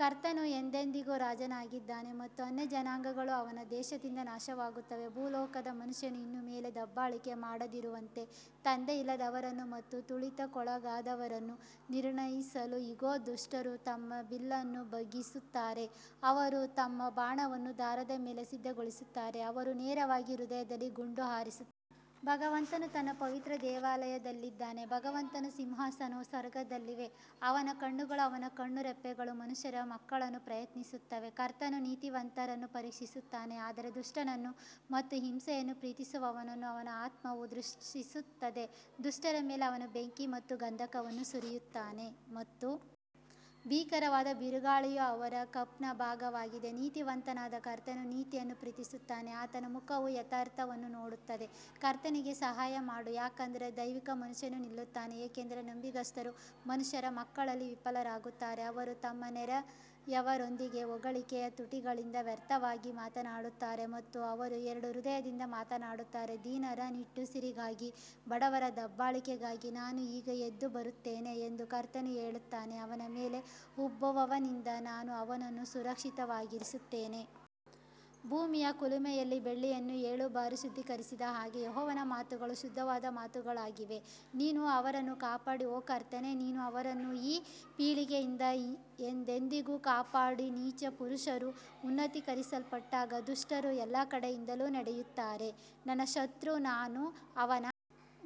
ಕರ್ತನು ಎಂದೆಂದಿಗೂ ರಾಜನಾಗಿದ್ದಾನೆ ಮತ್ತು ಅನ್ಯಜನಾಂಗಗಳು ಅವನ ದೇಶದಿಂದ ನಾಶವಾಗುತ್ತವೆ ಭೂಲೋಕದ ಮನುಷ್ಯನು ಇನ್ನು ಮೇಲೆ ದಬ್ಬಾಳಿಕೆ ಮಾಡದಿರುವಂತೆ ತಂದೆಯಿಲ್ಲದವರನ್ನು ಮತ್ತು ತುಳಿತಕ್ಕೊಳಗಾದವರನ್ನು ನಿರ್ಣಯಿಸಲು ಇಗೋ, ದುಷ್ಟರು ತಮ್ಮ ಬಿಲ್ಲನ್ನು ಬಗ್ಗಿಸುತ್ತಾರೆ, ಅವರು ತಮ್ಮ ಬಾಣವನ್ನು ದಾರದ ಮೇಲೆ ಸಿದ್ಧಗೊಳಿಸುತ್ತಾರೆ, ಅವರು ನೇರವಾಗಿ ಹೃದಯದಲ್ಲಿ ಗುಂಡು ಹಾರಿಸುತ್ತಾರೆ. ಭಗವಂತನು ತನ್ನ ಪವಿತ್ರ ದೇವಾಲಯದಲ್ಲಿದ್ದಾನೆ, ಭಗವಂತನ ಸಿಂಹಾಸನವು ಸ್ವರ್ಗದಲ್ಲಿದೆ, ಅವನ ಕಣ್ಣುಗಳು ಅವನ ಕಣ್ಣುರೆಪ್ಪೆಗಳು ಮನುಷ್ಯರ ಮಕ್ಕಳನ್ನು ಪ್ರಯತ್ನಿಸುತ್ತಿವೆ ಕರ್ತನು ನೀತಿವಂತನನ್ನು ಪರೀಕ್ಷಿಸುತ್ತಾನೆ ಆದರೆ ದುಷ್ಟನನ್ನು ಮತ್ತು ಹಿಂಸೆಯನ್ನು ಪ್ರೀತಿಸುವವನನ್ನು ಅವನ ಆತ್ಮವು ದ್ವೇಷಿಸುತ್ತದೆ ದುಷ್ಟರ ಮೇಲೆ ಅವನು ಬೆಂಕಿ ಮತ್ತು ಗಂಧಕವನ್ನು ಸುರಿಸುತ್ತಾನೆ ಮತ್ತು ಭೀಕರವಾದ ಬಿರುಗಾಳಿಯು ಅವರ ಕಪ್ನ ಭಾಗವಾಗಿದೆ ನೀತಿವಂತನಾದ ಕರ್ತನು ನೀತಿಯನ್ನು ಪ್ರೀತಿಸುತ್ತಾನೆ ಆತನ ಮುಖವು ಯಥಾರ್ಥವನ್ನು ನೋಡುತ್ತದೆ ಕರ್ತನಿಗೆ ಸಹಾಯ ಮಾಡು ಯಾಕಂದರೆ ದೈವಿಕ ಮನುಷ್ಯನು ನಿಲ್ಲುತ್ತಾನೆ ಏಕೆಂದರೆ ನಂಬಿಗಸ್ತರು ಮನುಷ್ಯರ ಮಕ್ಕಳಲ್ಲಿ ವಿಫಲರಾಗುತ್ತಾರೆ ಅವರು ತಮ್ಮ ನೆರೆಯವರೊಂದಿಗೆ ಹೊಗಳಿಕೆಯ ತುಟಿಗಳಿಂದ ವ್ಯರ್ಥವಾಗಿ ಮಾತನಾಡುತ್ತಾರೆ ಮತ್ತು ಅವರು ಎರಡು ಹೃದಯದಿಂದ ಮಾತನಾಡುತ್ತಾರೆ ದೀನರ ನಿಟ್ಟುಸಿರಿಗಾಗಿ ಬಡವರ ದಬ್ಬಾಳಿಕೆಗಾಗಿ ನಾನು ಈಗ ಎದ್ದು ಬರುತ್ತೇನೆ ಎಂದು ಕರ್ತನು ಹೇಳುತ್ತಾನೆ, ಅವನ ಮೇಲೆ ಉಬ್ಬುವವನಿಂದ ನಾನು ಅವನನ್ನು ಸುರಕ್ಷಿತವಾಗಿರಿಸುತ್ತೇನೆ. ಭೂಮಿಯ ಕುಲುಮೆಯಲ್ಲಿ ಬೆಳ್ಳಿಯನ್ನು ಏಳು ಬಾರಿ ಶುದ್ಧೀಕರಿಸಿದ ಹಾಗೆ ಯೆಹೋವನ ಮಾತುಗಳು ಶುದ್ಧವಾದ ಮಾತುಗಳಾಗಿವೆ ನೀನು ಅವರನ್ನು ಕಾಪಾಡಿ ಓ ಕರ್ತನೇ, ನೀನು ಅವರನ್ನು ಈ ಪೀಳಿಗೆಯಿಂದ ಎಂದೆಂದಿಗೂ ಕಾಪಾಡುವಿ ನೀಚ ಪುರುಷರು ಉನ್ನತೀಕರಿಸಲ್ಪಟ್ಟಾಗ ದುಷ್ಟರು ಎಲ್ಲಾ ಕಡೆಯಿಂದಲೂ ನಡೆಯುತ್ತಾರೆ ನನ್ನ ಶತ್ರು ನಾನು ಅವನ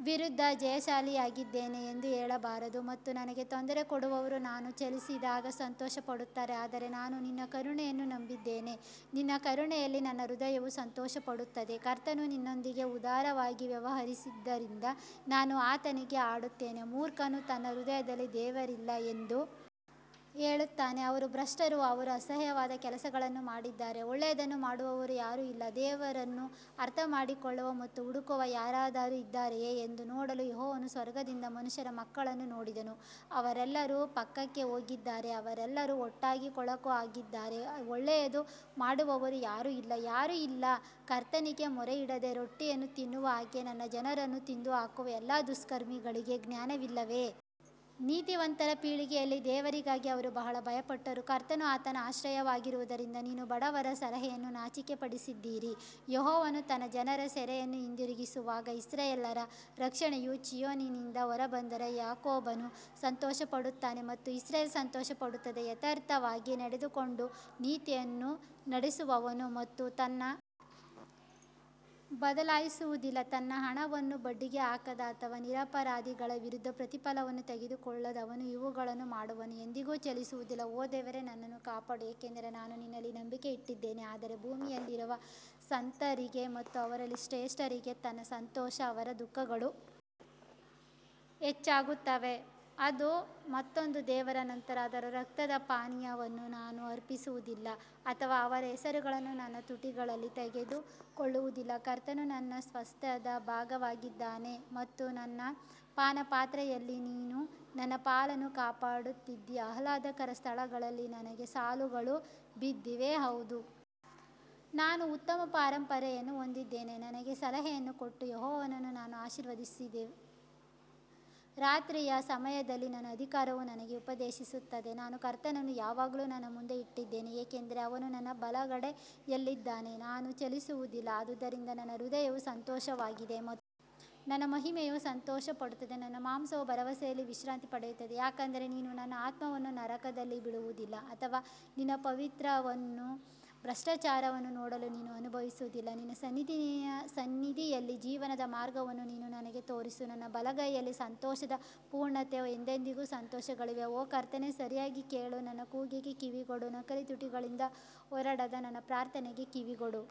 ವಿರುದ್ಧ ಜಯಶಾಲಿಯಾಗಿದ್ದೇನೆ ಎಂದು ಹೇಳಬಾರದು ಮತ್ತು ನನಗೆ ತೊಂದರೆ ಕೊಡುವವರು ನಾನು ಚಲಿಸಿದಾಗ ಸಂತೋಷಪಡುತ್ತಾರೆ ಆದರೆ ನಾನು ನಿನ್ನ ಕರುಣೆಯನ್ನು ನಂಬಿದ್ದೇನೆ, ನಿನ್ನ ರಕ್ಷಣೆಯಲ್ಲಿ ನನ್ನ ಹೃದಯವು ಸಂತೋಷಪಡುತ್ತದೆ ಕರ್ತನು ನನ್ನೊಂದಿಗೆ ಉದಾರವಾಗಿ ವ್ಯವಹರಿಸಿದ್ದರಿಂದ ನಾನು ಆತನಿಗೆ ಹಾಡುತ್ತೇನೆ ಮೂರ್ಖನು ತನ್ನ ಹೃದಯದಲ್ಲಿ ದೇವರಿಲ್ಲ ಎಂದು ಹೇಳುತ್ತಾನೆ ಅವರು ಭ್ರಷ್ಟರು ಅವರು ಅಸಹ್ಯವಾದ ಕೆಲಸಗಳನ್ನು ಮಾಡಿದ್ದಾರೆ ಒಳ್ಳೆಯದನ್ನು ಮಾಡುವವರು ಯಾರೂ ಇಲ್ಲ ದೇವರನ್ನು ಅರ್ಥಮಾಡಿಕೊಳ್ಳುವ ಮತ್ತು ಹುಡುಕುವ ಯಾರಾದರೂ ಇದ್ದಾರೆಯೇ ಎಂದು ನೋಡಲು ಯೆಹೋವನು ಸ್ವರ್ಗದಿಂದ ಮನುಷ್ಯರ ಮಕ್ಕಳನ್ನು ನೋಡಿದನು ಅವರೆಲ್ಲರೂ ಪಕ್ಕಕ್ಕೆ ಹೋಗಿದ್ದಾರೆ ಅವರೆಲ್ಲರೂ ಒಟ್ಟಾಗಿ ಕೊಳಕು ಆಗಿದ್ದಾರೆ ಒಳ್ಳೆಯದು ಮಾಡುವವರು ಯಾರೂ ಇಲ್ಲ ಯಾರೂ ಇಲ್ಲ ಕರ್ತನಿಗೆ ಮೊರೆಯಿಡದೆ ರೊಟ್ಟಿಯನ್ನು ತಿನ್ನುವ ಹಾಗೆ ನನ್ನ ಜನರನ್ನು ತಿಂದುಹಾಕುವ ಎಲ್ಲಾ ದುಷ್ಕರ್ಮಿಗಳಿಗೆ ಜ್ಞಾನವಿಲ್ಲವೇ? ನೀತಿವಂತರ ಪೀಳಿಗೆಯಲ್ಲಿ ದೇವರಿಗಾಗಿ ಅವರು ಬಹಳ ಭಯಪಟ್ಟರು ಕರ್ತನು ಆತನ ಆಶ್ರಯವಾಗಿರುವುದರಿಂದ ನೀವು ಬಡವರ ಸಲಹೆಯನ್ನು ನಾಚಿಕೆಪಡಿಸಿದ್ದೀರಿ ಯೆಹೋವನು ತನ್ನ ಜನರ ಸೆರೆಯನ್ನು ಹಿಂದಿರುಗಿಸುವಾಗ ಇಸ್ರಾಯೇಲ್ಯರ ರಕ್ಷಣೆಯು ಚೀಯೋನಿನಿಂದ ಹೊರಬಂದರೆ, ಯಾಕೋಬನು ಸಂತೋಷಪಡುತ್ತಾನೆ ಮತ್ತು ಇಸ್ರೇಲ್ ಸಂತೋಷಪಡುತ್ತಾನೆ. ಯಥಾರ್ಥವಾಗಿ ನಡೆದುಕೊಂಡು ನೀತಿಯನ್ನು ನಡಿಸುವವನು ಮತ್ತು ತನ್ನ ಬದಲಾಯಿಸುವುದಿಲ್ಲ ತನ್ನ ಹಣವನ್ನು ಬಡ್ಡಿಗೆ ಹಾಕದ ಅಥವಾ ನಿರಪರಾಧಿಗಳ ವಿರುದ್ಧ ಪ್ರತಿಫಲವನ್ನು ತೆಗೆದುಕೊಳ್ಳದವನು ಇವುಗಳನ್ನು ಮಾಡುವವನು ಎಂದಿಗೂ ಚಲಿಸುವುದಿಲ್ಲ ಓ ದೇವರೇ ನನ್ನನ್ನು ಕಾಪಾಡು ಏಕೆಂದರೆ ನಾನು ನಿನ್ನಲ್ಲಿ ನಂಬಿಕೆ ಇಟ್ಟಿದ್ದೇನೆ ಆದರೆ ಭೂಮಿಯಲ್ಲಿರುವ ಸಂತರಿಗೆ ಮತ್ತು ಅವರಲ್ಲಿ ಶ್ರೇಷ್ಠರಿಗೆ ನನ್ನ ಸಂತೋಷ ಅವರ ದುಃಖಗಳು ಹೆಚ್ಚಾಗುತ್ತವೆ, ಅದು ಮತ್ತೊಂದು ದೇವರ ನಂತರ ಅವರ ರಕ್ತದ ಪಾನೀಯವನ್ನು ನಾನು ಅರ್ಪಿಸುವುದಿಲ್ಲ ಅಥವಾ ಅವರ ಹೆಸರನ್ನು ನನ್ನ ತುಟಿಗಳಲ್ಲಿ ತೆಗೆದುಕೊಳ್ಳುವುದಿಲ್ಲ ಕರ್ತನು ನನ್ನ ಸ್ವಾಸ್ತ್ಯದ ಭಾಗವಾಗಿದ್ದಾನೆ ಮತ್ತು ನನ್ನ ಪಾನಪಾತ್ರೆಯಲ್ಲಿ ನೀನು ನನ್ನ ಪಾಲನ್ನು ಕಾಪಾಡುತ್ತೀ ಆಹ್ಲಾದಕರ ಸ್ಥಳಗಳಲ್ಲಿ ನನಗೆ ಸಾಲುಗಳು ಬಿದ್ದಿವೆ, ಹೌದು ನಾನು ಉತ್ತಮ ಪರಂಪರೆಯನ್ನು ಹೊಂದಿದ್ದೇನೆ ನನಗೆ ಸಲಹೆಯನ್ನು ಕೊಟ್ಟ ಯೆಹೋವನನ್ನು ನಾನು ಆಶೀರ್ವದಿಸುವೆನು, ರಾತ್ರಿಯ ಸಮಯದಲ್ಲಿ ನನ್ನ ಅಧಿಕಾರವು ನನಗೆ ಉಪದೇಶಿಸುತ್ತದೆ ನಾನು ಕರ್ತನನ್ನು ಯಾವಾಗಲೂ ನನ್ನ ಮುಂದೆ ಇಟ್ಟಿದ್ದೇನೆ ಏಕೆಂದರೆ ಅವನು ನನ್ನ ಬಲಗಡೆಯಲ್ಲಿದ್ದಾನೆ, ನಾನು ಚಲಿಸುವುದಿಲ್ಲ ಆದುದರಿಂದ ನನ್ನ ಹೃದಯವು ಸಂತೋಷವಾಗಿದೆ ಮತ್ತು ನನ್ನ ಮಹಿಮೆಯು ಸಂತೋಷಪಡುತ್ತದೆ ನನ್ನ ಮಾಂಸವು ಭರವಸೆಯಲ್ಲಿ ವಿಶ್ರಾಂತಿ ಪಡೆಯುತ್ತದೆ ಯಾಕಂದರೆ ನೀನು ನನ್ನ ಆತ್ಮವನ್ನು ನರಕದಲ್ಲಿ ಬಿಡುವುದಿಲ್ಲ ಅಥವಾ ನಿನ್ನ ಪವಿತ್ರನನ್ನು ಭ್ರಷ್ಟಾಚಾರವನ್ನು ನೋಡಲು ನೀನು ಅನುಭವಿಸುವುದಿಲ್ಲ ನಿನ್ನ ಸನ್ನಿಧಿಯಲ್ಲಿ ಜೀವನದ ಮಾರ್ಗವನ್ನು ನೀನು ನನಗೆ ತೋರಿಸು ನಿನ್ನ ಬಲಗೈಯಲ್ಲಿ ಸಂತೋಷದ ಪೂರ್ಣತೆ ಎಂದೆಂದಿಗೂ ಸಂತೋಷಗಳಿವೆ ಓ ಕರ್ತನೇ ಸರಿಯಾಗಿ ಕೇಳು ನನ್ನ ಕೂಗಿಗೆ ಕಿವಿಗೊಡು, ನಕಲಿ ತುಟಿಗಳಿಂದ ಹೊರಡದ ನನ್ನ ಪ್ರಾರ್ಥನೆಗೆ ಕಿವಿಗೊಡು.